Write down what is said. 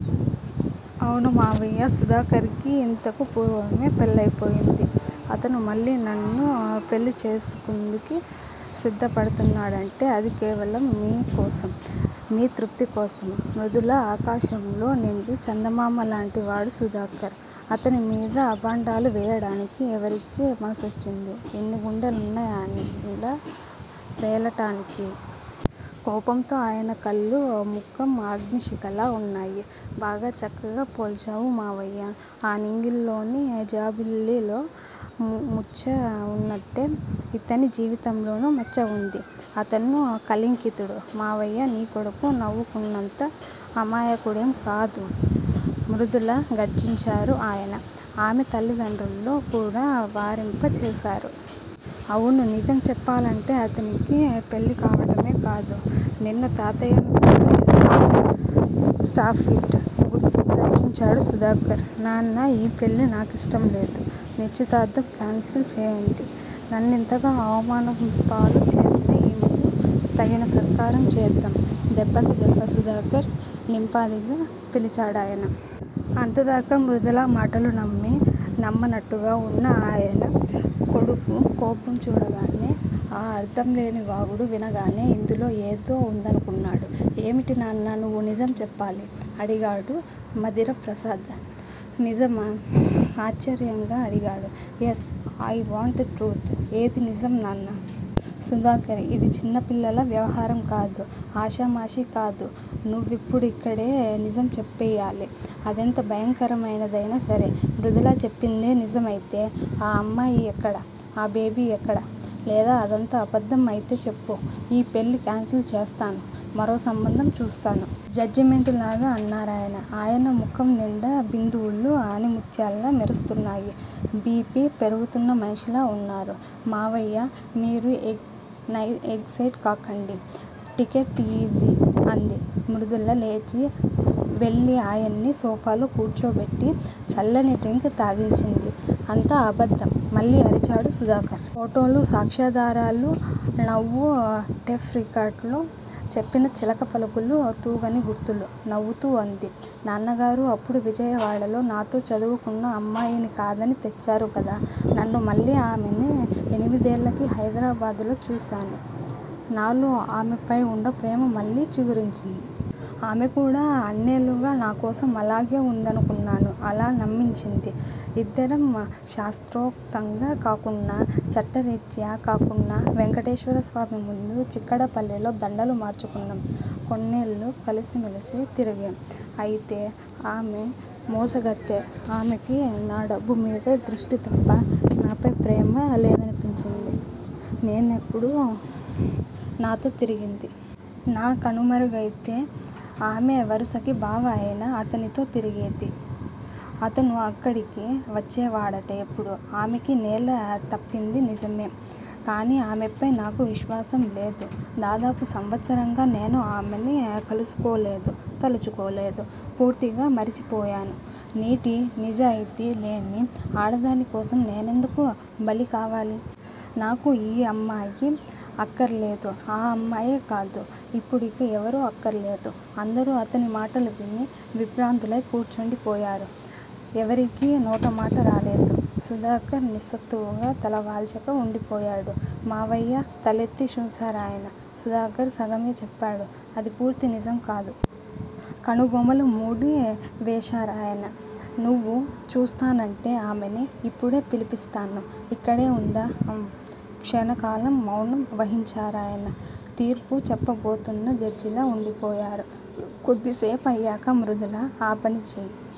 అవును మావయ్యా! సుధాకర్ కి యింతకు పూర్వమే పెళ్ళయిపోయింది. అతను మళ్ళీ నన్ను పెళ్ళీ చేసుకుందుకి సిద్దపడుతున్నాడంటే అది కేవలం మీ కోసం __మీ తృప్తి కోసం! మృదులా! ఆకాశంలో నిండు చందమామాలాoటి వాడు సుధాకర్! అతని మీద అభాండాలు వేయటానికి ఎవరికీ మనసోచ్చింది? ఎన్ని గుండెలున్నాయ్ యిలా ప్రేలటానికి? కోపంతో అయన కళ్ళు, ముఖం అగ్ని శిఖలా వున్నాయి. బాగా చక్కగా పోల్చావు మామయ్యా! ఆ నింగిలోని జాబిల్లిలో మచ్చవున్నట్టే యితని జీవితంలోనూ మచ్చవుంది. అతను కళింకితుడు __ మావయ్యా నీ కొడుకు నవ్వనుకున్నంత అమాయకుడెం కాదు! మృదులా! గర్జించారు అయన. ఆమె తలిదండ్రులు కూడా వారింప చూశారు. అవును! నిజం చెప్పాలంటే అతనికి పెళ్ళికావటమే కాదు నిన్ను తాతయ్యని కూడా చేశాడు! స్టాఫిట్! గర్జించాడు సుధాకర్. నాన్నా ఈ పెళ్ళి నాకిష్టంలేదు. నిశ్చితార్దం కేన్సిల్ చేయండి. నన్నింతగా అవమానం పాలు చేసిన ఈమెకి తగిన సత్కారం చేద్దాం. దెబ్బకి దెబ్బ! సుధాకర్! నింపాదిగా పిలిచాడాయన. అంతదాకా మృదుల మాటలు నమ్మి నమ్మనట్టుగా వున్న అయన కొడుకు కోపం చూడగానే, ఆ అర్ధంలేని వాగుడు వినగానే ఇందులో ఏదో వుందనుకున్నాడు. ఏమిటి నాన్నా! నువ్వు నిజం చెప్పాలి! అడిగాడు మధిరప్రసాదు. నిజమా! ఆశ్చర్యంగా అడిగాడు. యస్! అయ్ వాంట్ ట్రూత్! ఏది నిజం నాన్నా? సుధాకర్! ఇది చిన్నపిల్లలా వ్యవహారం కాదు. ఆశామషీకాదు. నువ్విప్పుడిక్కడే నిజ్హం చెప్పెయ్యాలి. అదెంత భయకంరమైన దైనా సరే! మృదుల చెప్పిందే నిజమయితే ఆ అమ్మాయి ఎక్కడ? ఆ బేబీ ఎక్కడ? లేదా అదంతా అబద్దం అయితే చెప్పు __ ఈ పెళ్ళి కాన్సిల్ చేస్తాను మరో సంబంధం చూస్తాను! జడ్జిమెంటులాగా అన్నారాయన. అయన ముఖం నిండా బిందువులు అణిముత్యాల్లా మెరుస్తున్నాయి బి. పి పెరుగుతున్న మనిషిలా వున్నారు. మామయ్యా! మీరు ఎగ్ సైట్ కాకండి. Take it easy! అంది. మృదుల లేచి వెళ్ళి ఆయన్ని సోఫాలో కూర్చోబెట్టి, చల్లని డ్రింక్ తాగించింది. అంతా అబద్దం! మళ్ళీ అరిచాడు సుధాకర్. పోటోలు సాక్ష్యాదారాలు! నవ్వు టెఫ్ రికార్డ్ లో చెప్పిన చిలక పలుకులు తూగని గుర్తులు! నవ్వుతూ అంది. నాన్నగారూ అప్పుడు విజయవాడలో, నాతో చదువు కున్న అమ్మాయిని కాదని తెచ్చారు కదా నన్ను మళ్ళీ ఆమెని ఎనిమిదేళ్ళకి హైదరాబాదు లో చూశాను. నాలో ఆమెపైవున్న ప్రేమ మళ్ళీ చిగిర్చింది. ఆమెకూడా అన్నేళ్లుగా నాకోసం అలాగే వుందనుకున్నాను అలా నమ్మించింది. ఇద్దరం శాస్త్రోక్తంగా కాకున్నా, చట్టరిర్యా కాకున్నా వెంకటేశ్వర స్వామి ముందు __ చిక్కడపల్లిలో దండలు మార్చుకున్నాం, కొన్నేళ్ళు కలసిమెలసి తిరిగేం __ అయితే ఆమె మోసగత్తె __ ఆమెకి నాదబ్బు మీద దృష్టే తప్ప __ నాపై ప్రేమ లేదనిపించింది నేనేప్పుడు నాతో తిరిగింది. నా కనుమరుగైతే ఆమె వరుసకి బావ అయిన అతనితో తిరిగేది. అతను అక్కడికి వచ్చేవాడట ఎప్పుడూ__ ఆమెకి నేల తప్పింది నిజమే! కానీ ఆమెపై నాకు విశ్వాసంలేదు. దాదాపు సంవత్సరంగా నేను ఆమెని కలుసుకో లేదు తలచుకోలేదు. పూర్తిగా మరచిపోయాను. నీటి, నిజాయితీ లేని ఆడదాని కోసం నేనెందుకు బలికావాలి! నాకు ఈ అమ్మాయి అక్కర్లేదు ఆ అమ్మాయే కాదు __ ఇప్పుడిక ఎవరూ అక్కర్లేదు! అందరూ అతని మాటలు విని విభ్రాంతులై కూర్చోండి పోయారు. ఎవరికీ నోటమాటరాలేదు. సుధాకర్ నిస్సత్తువుగా తలవాల్చక వుండిపోయాడు. మామయ్యా! తలెత్తి చూశారాయన సుధాకర్ సగమే చెప్పాడు. అది పూర్తి నిజం కాదు! కనుబొమలు ముడి వేశారాయన. నువ్వు చూస్తానంటే ఆమెని. యిప్పుడే పిలిపిస్తాను! ఇక్కడే వుందా? అం, క్షణకాలం మౌనం వహించారాయణ. తీర్పు చెప్పాబోతున్న జడ్జిలా వుండిపోయారు. కొద్దిసేపయ్యాక మృదులా! ఆ పని చెయ్!